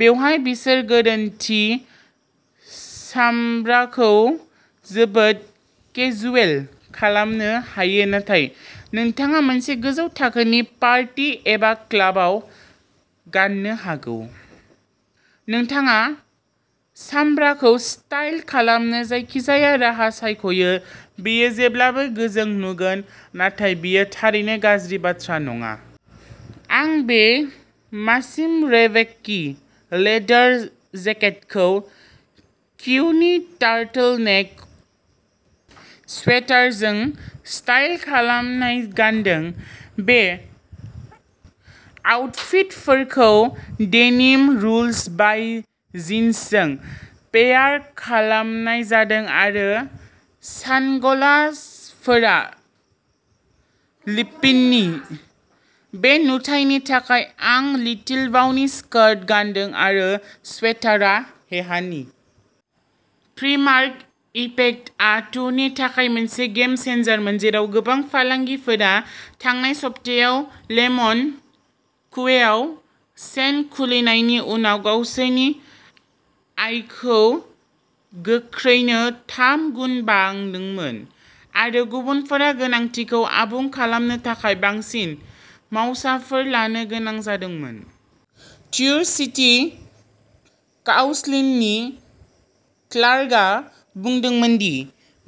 बेवहाय बिसोर गोरोन्थि। सामब्राखौ जोबोद केजुएल खालामनो हायो नाथाय नोंथाङा मोनसे गोजौ थाखोनि पार्टी एबा क्लाबाव गान्नो हागौ। नोंथाङा सामब्राखौ स्टाइल खालामनो जायखिजाया राहा सायख'यो, बेयो जेब्लाबो गोजों नुगोन, नाथाय बेयो थारैनो गाज्रि बाथ्रा नङा। आं बे मासिम'रेबेकि लेदार जेकेटखौ क्यूनि टार्टल नेक स्वेटारजों स्टाइल खालामनाय गानदों। बे आउटफिटफोरखौ डेनिम रुल्स बाइ जिन्सजों पेयार खालामनाय जादों आरो सानग्लासफोरा लिप्पिनि। बे नुथायनि थाखाय आं लिटिल वाननि स्कार्ट गानदों आरो स्वेटारआ हेहानि। "प्रिमार्क इफेक्ट" आ ट्रुर'नि थाखाय मोनसे गेम-चेन्जारमोन, जेराव गोबां फालांगिफोरा थांनाय सप्तायाव लेमन क्वेआव चेन खुलिनायनि उनाव गावसोरनि आयखौ गोख्रैनो थाम गुन बांदोंमोन आरो गुबुनफोरा गोनांथिखौ आबुं खालामनो थाखाय बांसिन मावसाफोर लानो गोनां जादोंमोन। ट्रुर'सिटी काउन्सिलनि क्लार्कआ बुंदोंमोन दि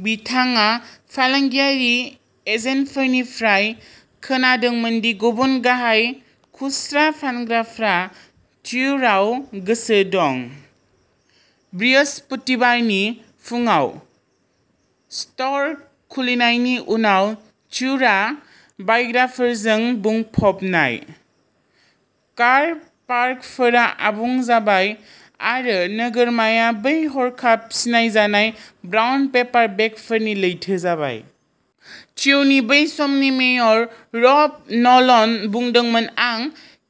बिथाङा फालांगियारि एजेन्टफोरनिफ्राय खोनादोंमोन दि गुबुन गाहाय खुस्रा फानग्राफ्रा ट्रुर'आव गोसो दं। बृहस्पतिबारनि फुंआव स्ट'र खुलिनायनि उनाव, ट्रुर'आ बायग्राफोरजों बुंफबनाय, कार पार्कफोरा आबुं जाबाय आरो नोगोरमाया बै हरखाब सिनायजानाय ब्राउन पेपार बेगफोरनि लैथो जाबाय। ट्रुर'नि बै समनि मेयर, रब न'लनआ बुंदोंमोनः "आं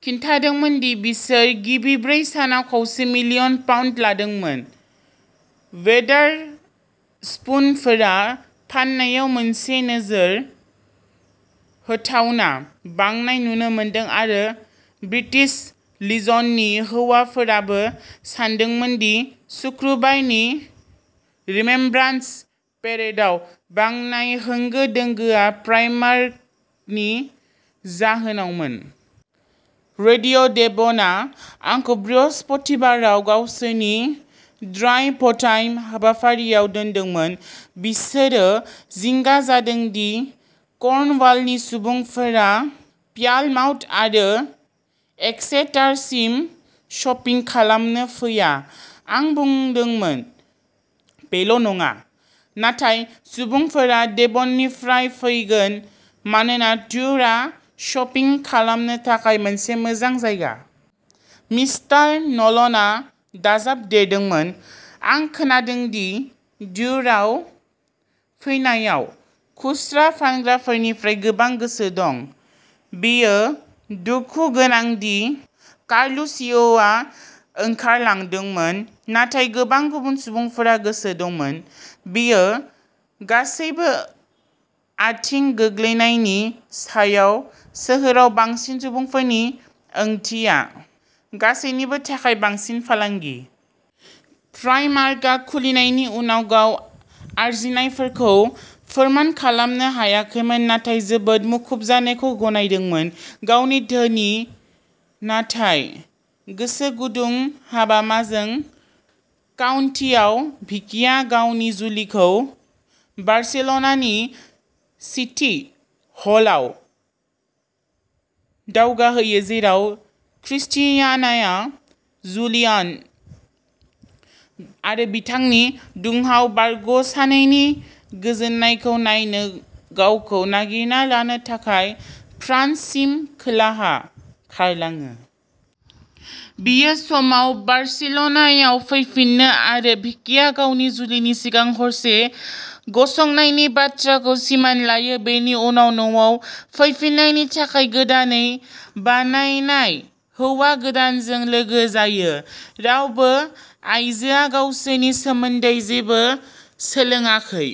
खिन्थादोंमोन दि बिसोर गिबि ब्रै सानाव खावसे मिलियन पाउन्ड लादोंमोन, वेदारस्पुनफोरा फाननायाव मोनसे'नोजोर होथावना'बांनाय नुनो मोनदों आरो ब्रिटिश लिजननि हौवाफोराबो सानदोंमोन दि सुक्रुबारनि रिमेम्ब्रान्स पेरेडआव बांनाय होंगो-दोंगोआ प्राइमार्कनि जाहोनावमोन। "रेडिय'डेभ'नआ आंखौ बृहस्पतिबाराव गावसोरनि ड्राइभटाइम हाबाफारिआव दोनदोंमोन, बिसोरो जिंगा जादों दि कर्नवालनि सुबुंफोरा प्लायमाउथ आरो एक्सेटारसिम शपिं खालामनो फैया। आं बुंदोंमोन,'बेल'नङा, नाथाय सुबुंफोरा डेभननिफ्राय फैगोन मानोना ट्रुर'आ शपिं खालामनो थाखाय मोनसे मोजां जायगा। " मिस्टार न'लनआ दाजाबदेरदोंमोनः "आं खोनादों दि ट्रुर'आव फैनायाव खुस्रा फानग्राफोरनिफ्राय गोबां गोसो दं। बेयो दुखु गोनां दि कार्लुचिय'आ ओंखारलांदोंमोन, नाथाय गोबां गुबुन सुबुंफोरा गोसो दंमोन। " बेयो गासैबो आथिं गोग्लैनायनि सायाव, सोहोराव बांसिन सुबुंफोरनि ओंथिया गासैनिबो थाखाय बांसिन फालांगि। "प्राइमार्कआ खुलिनायनि उनाव गावनि आर्जिनायफोरखौ फोरमान खालामनो हायाखैमोन नाथाय जोबोद मुखुब जानायखौ गनायदोंमोन। गावनि धोनि नाथाय गोसो गुदुं हाबामाजों काउन्टीआव, भिकिया गावनि जुलिखौ बार्सिल'नानि सिटी हलआव दावगाहोयो, जेराव क्रिस्टियानाया, जुआन आरो बिथांनि दुंहाव बारग'सानैनि गोजोननायखौ नायनानै, गावखौ "नागिरना" लानो थाखाय फ्रान्सनि खोलाहा खारलाङो। बियो समाव बार्सिल'नायाव फैफिनो आरो भिकिया गावनि जुलिनि सिगां हरसे गसंनायनि बाथ्राखौ सिमान लायो, बेनि उनाव न'आव फैफिन्नायनि थाखाय गोदानै बानायनाय हौवा गोदानजों लोगो जायो, रावबो आइजोआ गावसोरनि सोमोन्दै जेबो सोलोंाखै।